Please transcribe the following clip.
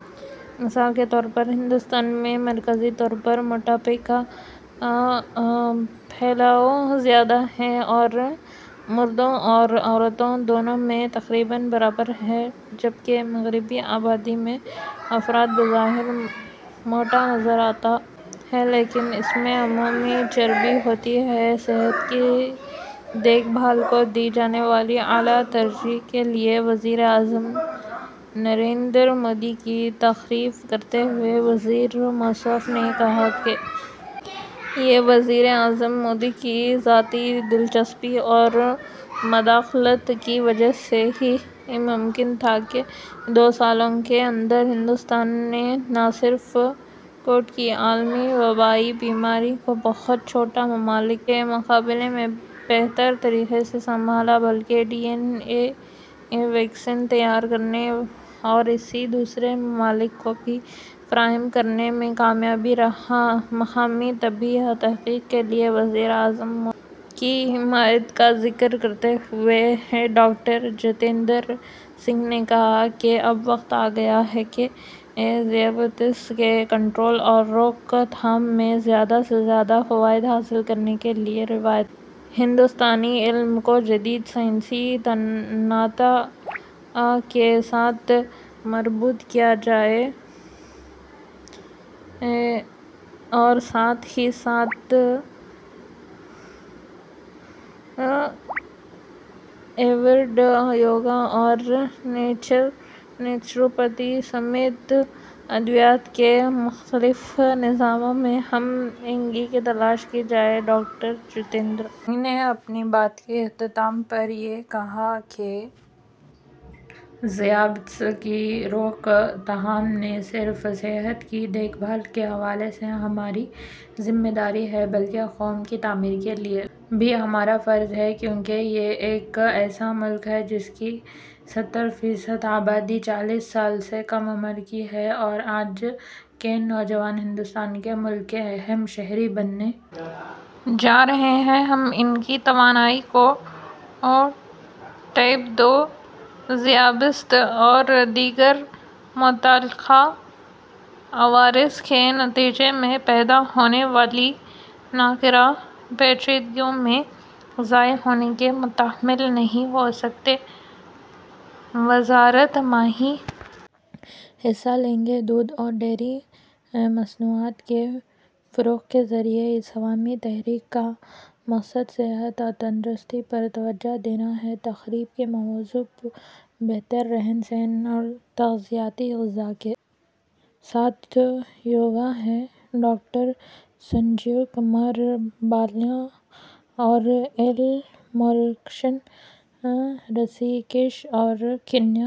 مثال کے طور پر ہندوستان میں مرکزی طور پر موٹاپے کا پھیلاؤ زیادہ ہے اور مردوں اور عورتوں دونوں میں تقریباً برابر ہے جب کہ مغربی آبادی میں فرد بظاہر موٹا نظر آتا ہے لیکن اس میں عمومی چربی ہوتی ہے صحت کی دیکھ بھال کو دی جانے والی اعلی ترجیح کے لیے وزیر اعظم نریندر مودی کی تعریف کرتے ہوئے وزیر موصوف نے کہا کہ یہ وزیر اعظم مودی کی ذاتی دلچسپی اور مداخلت کی وجہ سے ہی ممکن تھا کہ دو سالوں کے اندر ہندوستان نے نہ صرف کووڈ کی عالمی وبائی بیماری کو بہت چھوٹے ممالک کے مقابلے میں بہتر طریقے سے سنبھالا بلکہ ڈی این اے ویکسین تیار کرنے اور اسے دوسرے ممالک کو بھی فراہم کرنے میں کامیاب رہا مقامی طبی تحقیق کے لیے وزیر اعظم مودی کی حمایت کا ذکر کرتے ہوئے ڈاکٹر جتیندر سنگھ نے کہا کہ اب وقت آگیا ہے کہ ذیابیطس کے کنٹرول اور روک تھام میں زیادہ سے زیادہ فوائد حاصل کرنے کے لیے روایتی ہندوستانی علم کو جدید سائنسی نتائج کے ساتھ مربوط کیا جائے اور ساتھ ہی ساتھ آیوروید یوگا اور نیچروپیتھی سمیت ادویات کے مختلف نظاموں میں ہم آہنگی کی تلاش کی جائے ڈاکٹر جتیندر سنگھ نے اپنی بات کے اختتام پر یہ کہا کہ ذیابیطس کی روک تھام نہ صرف صحت کی دیکھ بھال کے حوالے سے ہماری ذمہ داری ہے بلکہ قوم کی تعمیر کے لیے بھی ہمارا فرض ہے کیونکہ یہ ایک ایسا ملک ہے جس کی ستر فیصد آبادی چالیس سال سے کم عمر کی ہے اور آج کے نوجوان ہندوستان کے ملک کے اہم شہری بننے جا رہے ہیں ہم ان کی توانائی کو ٹائپ دو ذیابیطس اور دیگر متعلقہ عوارض کے نتیجے میں پیدا ہونے والی ناکارہ پیچیدگیوں میں ضائع ہونے کے متحمل نہیں ہو سکتے وزارت ماہی حصہ لیں گے دودھ اور ڈیری مصنوعات کے فروغ کے ذریعے اس عوامی تحریک کا مقصد صحت اور تندرستی پر توجہ دینا ہے تقریب کا موضوع بہتر رہن سہن اور تغذیاتی غذا کے ساتھ یوگا ہے ڈاکٹر سنجیو کمار بالیان اور ایل موروگن رشی کیش اور کنیا